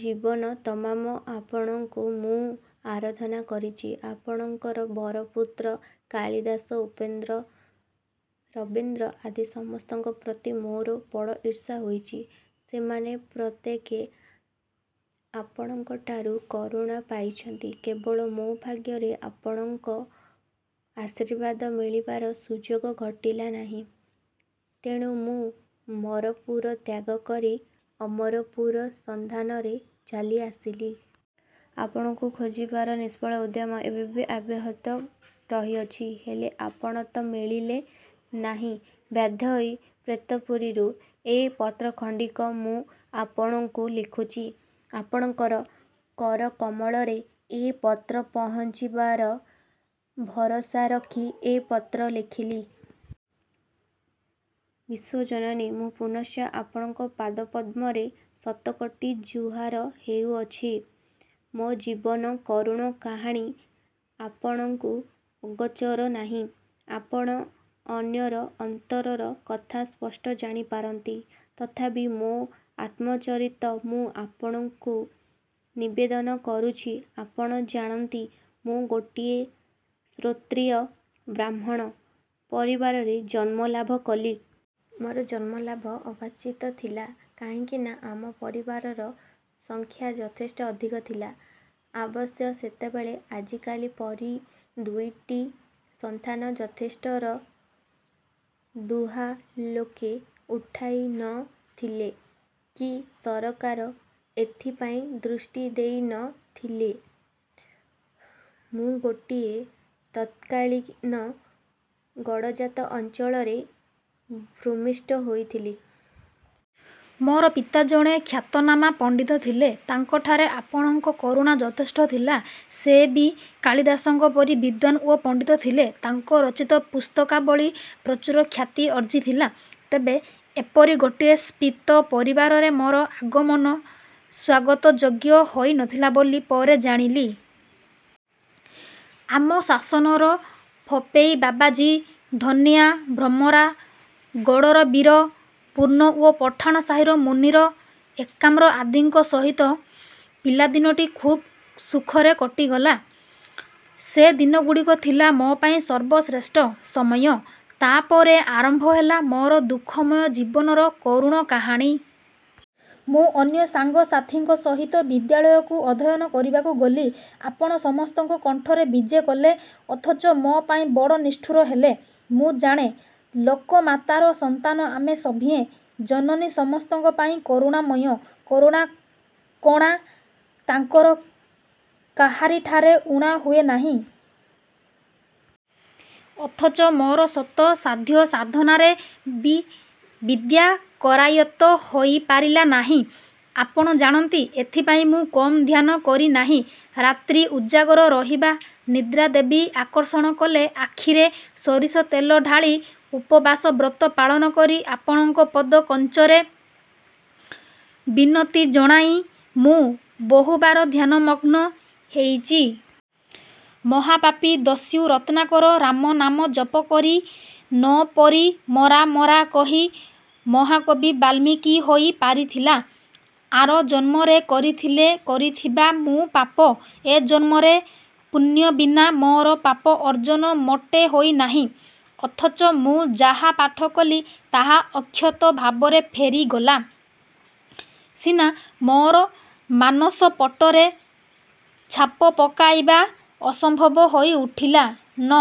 ଜୀବନ ତମାମ ଆପଣଙ୍କୁ ମୁଁ ଆରାଧନା କରିଚି। ଆପଣଙ୍କ ବରପୁତ୍ର କାଳିଦାସ, ଉପେନ୍ଦ୍ର, ରବୀନ୍ଦ୍ର ଆଦି ସମସ୍ତଙ୍କ ପ୍ରତି ମୋର ବଡ଼ ଈର୍ଷା ହୋଇଚି। ସେମାନେ ପ୍ରତ୍ୟେକେ ଆପଣଙ୍କଠାରୁ କରୁଣା ପାଇଚନ୍ତି। କେବଳ ମୋ ଭାଗ୍ୟରେ ଆପଣଙ୍କ ଆଶୀର୍ବାଦ ମିଳିବାର ସୁଯୋଗ ଘଟିଲା ନାହିଁ। ତେଣୁ ମୁଁ ମରପୁର ତ୍ୟାଗ କରି ଅମରପୁର ସନ୍ଧାନରେ ଚାଲି ଆସିଲି। ଆପଣଙ୍କୁ ଖୋଜିବାର ନିଷ୍ଫଳ ଉଦ୍ୟମ ଏବେ ବି ଅବ୍ୟାହତ ରହି ଅଛି। ହେଲେ ଆପଣ ତ ମିଳିଲେ ନାହିଁ, ବାଧ୍ୟ ହୋଇ ପ୍ରେତପୁରୀରୁ ଏ ପତ୍ର ଖଣ୍ଡିକ ମୁଁ ଆପଣଙ୍କୁ ଲେଖୁଚି। ଆପଣଙ୍କର କରକମଳରେ ଏ ପତ୍ର ପହୁଞ୍ଚିବାର ଭରସା ରଖି ଏ ପତ୍ର ଲେଖିଲି। ବିଶ୍ୱଜନନୀ, ମୁଁ ପୁନଶ୍ଚ ଆପଣଙ୍କ ପାଦ-ପଦ୍ମରେ ଶତକୋଟି ଜୁହାର ହେଉଅଛି। ମୋ ଜୀବନର କରୁଣ କାହାଣୀ ଆପଣଙ୍କୁ ଅଗୋଚର ନାହିଁ। ଆପଣ ଅନ୍ୟର ଅନ୍ତରର କଥା ସ୍ପଷ୍ଟ ଜାଣିପାରନ୍ତି। ତଥାପି ମୋ ଆତ୍ମଚରିତ ମୁଁ ଆପଣଙ୍କୁ ନିବେଦନ କରୁଛି। ଆପଣ ଜାଣନ୍ତି, ମୁଁ ଗୋଟିଏ ଶ୍ରୋତ୍ରୀୟ ବ୍ରାହ୍ମଣ ପରିବାରରେ ଜନ୍ମଲାଭ କଲି। ମୋର ଜନ୍ମଲାଭ ଅବାଞ୍ଛିତ ଥିଲା। କାହିଁକି ନା, ଆମ ପରିବାରର ସଂଖ୍ୟା ଯଥେଷ୍ଟ ଅଧିକ ଥିଲା। ଅବଶ୍ୟ ସେତେବେଳେ ଆଜିକାଲି ପରି ଦୁଇଟି ସନ୍ତାନ ଯଥେଷ୍ଟର ଦୁହା ଲୋକେ ଉଠାଇ ନ ଥିଲେ, କି ସରକାର ଏଥିପାଇଁ ଦୃଷ୍ଟି ଦେଇ ନ ଥିଲେ। ମୁଁ ଗୋଟିଏ ତତ୍କାଳିନ ଗଡ଼ଜାତ ଅଞ୍ଚଳରେ ଭୂମିଷ୍ଠ ହୋଇଥିଲି। ମୋର ପିତା ଜଣେ ଖ୍ୟାତନାମା ପଣ୍ଡିତ ଥିଲେ। ତାଙ୍କଠାରେ ଆପଣଙ୍କ କରୁଣା ଯଥେଷ୍ଟ ଥିଲା। ସେ ବି କାଳିଦାସଙ୍କ ପରି ବିଦ୍ୱାନ୍ ଓ ପଣ୍ଡିତ ଥିଲେ। ତାଙ୍କ ରଚିତ ପୁସ୍ତକାବଳୀ ପ୍ରଚୁର ଖ୍ୟାତି ଅର୍ଜ୍ଜିଥିଲା। ତେବେ ଏପରି ଗୋଟିଏ ସ୍ଫୀତ ପରିବାରରେ ମୋର ଆଗମନ ସ୍ୱାଗତଯୋଗ୍ୟ ହୋଇ ନ ଥିଲା ବୋଲି ପରେ ଜାଣିଲି। ଆମ ଶାସନର ଫପେଇ ବାବାଜୀ, ଧନିଆ, ଭ୍ରମରା, ଗଡ଼ର ବୀର, ପୂର୍ଣ୍ଣ ଓ ପଠାଣ ସାହିର ମୁନିର, ଏକାମ୍ର ଆଦିଙ୍କ ସହିତ ପିଲାଦିନଟି ଖୁବ୍ ସୁଖରେ କଟିଗଲା। ସେ ଦିନଗୁଡ଼ିକ ଥିଲା ମୋ ପାଇଁ ସର୍ବଶ୍ରେଷ୍ଟ ସମୟ। ତା'ପରେ ଆରମ୍ଭ ହେଲା ମୋର ଦୁଃଖମୟ ଜୀବନର କରୁଣ କାହାଣୀ। ମୁଁ ଅନ୍ୟ ସାଙ୍ଗ ସାଥୀଙ୍କ ସହିତ ବିଦ୍ୟାଳୟକୁ ଅଧୟନ କରିବାକୁ ଗଲି। ଆପଣ ସମସ୍ତଙ୍କ କଣ୍ଠରେ ବିଜେ କଲେ; ଅଥଚ ମୋ ପାଇଁ ବଡ଼ ନିଷ୍ଠୁର ହେଲେ-। ମୁଁ ଜାଣେ, ଲୋକମାତାର ସନ୍ତାନ ଆମେ ସଭିଏ। ଜନନୀ ସମସ୍ତଙ୍କ ପାଇଁ କରୁଣାମୟ-। କରୁଣା-କଣା ତାଙ୍କର କାହାରିଠାରେ ଊଣା ହୁଏ ନାହିଁ। ଅଥଚ ମୋର ଶତ ସାଧ୍ୟ ସାଧନାରେ ବି ବିଦ୍ୟା କରାୟତ୍ତ ହୋଇପାରିଲା ନାହିଁ; ଆପଣ ଜାଣନ୍ତି, ଏଥିପାଇଁ ମୁଁ କମ୍ ଧ୍ୟାନ କରି ନାହିଁ। ରାତ୍ରି ଉଜାଗର ରହିବା, ନିଦ୍ରା ଦେବୀ ଆକର୍ଷଣ କଲେ ଆଖିରେ ସୋରିଷ ତେଳ ଢ଼ାଳି, ଉପବାସ ବ୍ରତ ପାଳନ କରି, ଆପଣଙ୍କ ପଦ କଞ୍ଜରେ ବିନତି ଜଣାଇ ମୁଁ ବହୁବାର ଧ୍ୟାନମଗ୍ନ ହେଇଚି। ମହାପାପୀ ଦସ୍ୟୁ ରତ୍ନାକର 'ରାମ' ନାମ ଜପ କରି ନ ପରି 'ମରା' 'ମରା' କହି ମହାକବି ବାଲ୍ମୀକି ହୋଇ ପାରିଥିଲା। ଆର ଜନ୍ମରେ କରିଥିଲେ କରିଥିବା ମୁଁ ପାପ, ଏ ଜନ୍ମରେ ପୁଣ୍ୟ ବିନା ମୋର ପାପ ଅର୍ଜ୍ଜନ ମୋଟେ ହୋଇନାହିଁ। ଅଥଚ ମୁଁ ଯାହା ପାଠ କଲି ତାହା ଅକ୍ଷତ ଭାବରେ ଫେରିଗଲା ସିନା; ମୋର ମାନସପଟରେ ଛାପ ପକାଇବା ଅସମ୍ଭବ ହୋଇ ଉଠିଲା। ନ